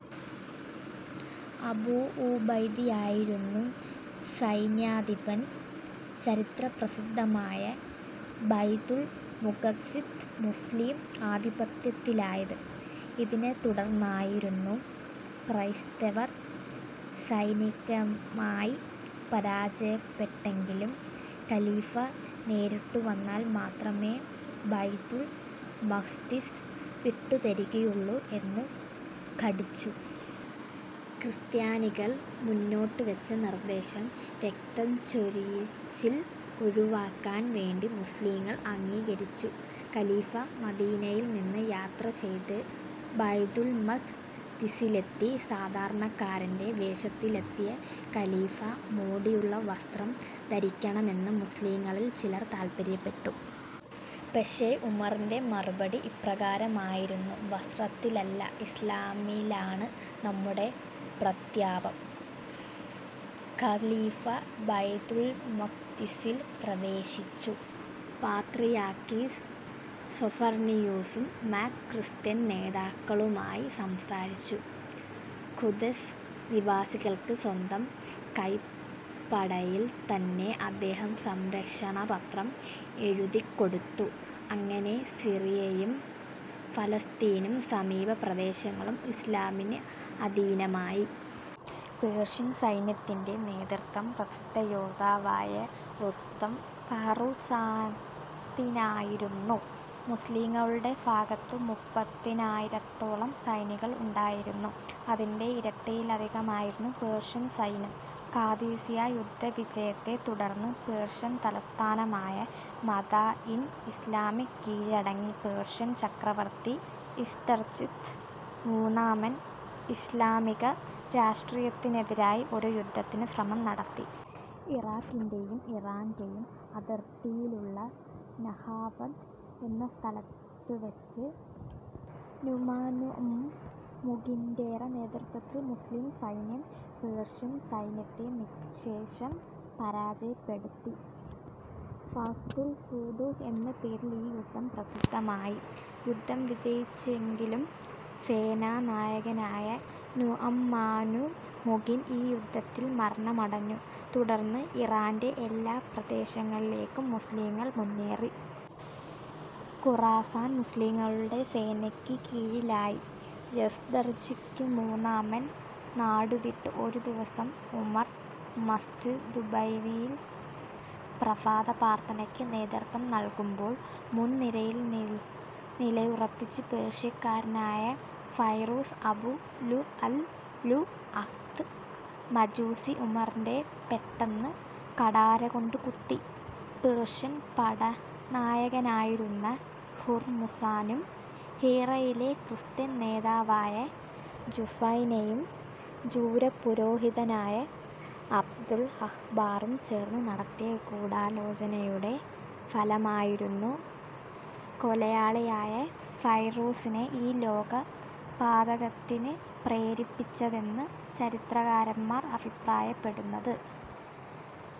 അബൂഉബൈദയായിരുന്നു സൈന്യാധിപൻ. ചരിത്രപസിദ്ധമായ ബൈതുൽ മുഖദ്ദിസ് മുസ്ലിം ആധിപത്യത്തിലായത് ഇതിനെത്തുടർന്നായിരുന്നു. ക്രൈസ്തവർ സൈനികമായി പരാജയപ്പെട്ടെങ്കിലും ഖലീഫ നേരിട്ടുവന്നാൽ മാത്രമേ ബൈതുൽ മഖ്ദിസ് വിട്ടുതരികയുള്ളൂ എന്ന് ശഠിച്ചു. ക്രിസ്ത്യാനികൾ മുന്നോട്ടുവെച്ച നിർദ്ദേശം രക്തച്ചൊരിച്ചിൽ ഒഴിവാക്കാൻ വേണ്ടി മുസ്ലിംകൾ അംഗീകരിച്ചു. ഖലീഫ മദീനയിൽ നിന്ന് യാത്രചെയ്ത് ബൈതുൽമഖ്ദിസിലെത്തി. സാധാരണക്കാരന്റെ വേഷത്തിലെത്തിയ ഖലീഫ മോടിയുള്ള വസ്ത്രം ധരിക്കണമെന്ന് മുസ്ലിംകളിൽ ചിലർ താൽപര്യപ്പെട്ടു. പക്ഷേ, ഉമറിന്റെ മറുപടി ഇപ്രകാരമായിരുന്നു: 'വസ്ത്രത്തിലല്ല, ഇസ്ലാമിലാണ് നമ്മുടെ പ്രതാപം. ' ഖലീഫ ബൈതുൽമഖ്ദിസിൽ പ്രവേശിച്ചു. പാത്രിയാർക്കീസ് സ്വഫർനിയൂസും മറ്റ് ക്രിസ്ത്യൻ നേതാക്കളുമായി സംസാരിച്ചു. ഖുദ്സ് നിവാസികൾക്ക് സ്വന്തം കൈപ്പടയിൽ തന്നെ അദ്ദേഹം സംരക്ഷണപത്രം എഴുതിക്കൊടുത്തു. അങ്ങനെ സിറിയയും ഫലസ്തീനും സമീപ പ്രദേശങ്ങളും ഇസ്ലാമിന് അധീനമായി. പേർഷ്യൻ സൈന്യത്തിന്റെ നേതൃത്വം പ്രസിദ്ധയോദ്ധാവായ റുസ്തം ഫറൂഖ്സാദിനായിരുന്നു. മുസ്ലിംകളുടെ ഭാഗത്ത് മുപ്പതിനായിരത്തോളം സൈനികർ ഉണ്ടായിരുന്നു. അതിന്റെ ഇരട്ടിയിലധികമായിരുന്നു പേർഷ്യൻ സൈന്യം. ഖാദിസിയ്യാ യുദ്ധവിജയത്തെ തുടർന്ന് പേർഷ്യൻ തലസ്ഥാനമായ മദാഇൻ ഇസ്ലാമിന് കീഴടങ്ങി.. പേർഷ്യൻ ചക്രവർത്തി യസ്ദർജിർദ് മൂന്നാമൻ ഇസ്ലാമിക രാഷ്ട്രത്തിനെതിരായി ഒരു യുദ്ധത്തിന് ശ്രമം നടത്തി. ഇറാഖിന്റെയും ഇറാന്റെയും അതിർത്തിയിലുള്ള നഹാവന്ത് എന്ന സ്ഥലത്തുവെച്ച് നുഅ്മാനുബ്നു മുഖ്രിൻറെ നേതൃത്വത്തിൽ മുസ്ലിം സൈന്യം പേർഷ്യൻ സൈന്യത്തെ നിശ്ശേഷം പരാജയപ്പെടുത്തി. ഫത്ഹുൽ ഫുതൂഹ് എന്ന പേരിൽ ഈ യുദ്ധം പ്രസിദ്ധമായി. യുദ്ധം വിജയിച്ചെങ്കിലും സേനാ നായകനായ നുഅ്മാനുബ്നു മുഖ്രിൻ ഈ യുദ്ധത്തിൽ മരണമടഞ്ഞു. തുടർന്ന് ഇറാന്റെ എല്ലാ പ്രദേശങ്ങളിലേക്കും മുസ്ലിംകൾ മുന്നേറി. ഖുറാസാൻ മുസ്ലീങ്ങളുടെ സേനക്ക് കീഴിലായി. യസ്ദർജിർദ് മൂന്നാമൻ നാടുവിട്ടു. ഒരു ദിവസം ഉമർ മസ്ജിദുന്നബവിയിൽ പ്രഭാത പ്രാർത്ഥനക്ക് നേതൃത്വം നൽകുമ്പോൾ, മുൻനിരയിൽ നിലയുറപ്പിച്ച പേർഷ്യക്കാരനായ ഫൈറൂസ് അബൂ ലുഅ് ലുഅത്ത് മജൂസി, ഉമറിനെ പെട്ടെന്ന് കഠാരകൊണ്ട് കുത്തി. പേർഷ്യൻ പടനായകനായിരുന്ന ഹുർമുസാനും ഹീറയിലെ ക്രിസ്ത്യൻ നേതാവായ ജുഫൈനയും ജൂതപുരോഹിതനായ കഅ്ബുൽ അഹ്ബാറും ചേർന്നു നടത്തിയ ഗൂഢാലോചനയുടെ ഫലമായിരുന്നു കൊലയാളിയായ ഫൈറൂസിനെ ഈ കൊലപാതകത്തിന് പ്രേരിപ്പിച്ചതെന്ന് ചരിത്രകാരന്മാർ അഭിപ്രായപ്പെടുന്നു.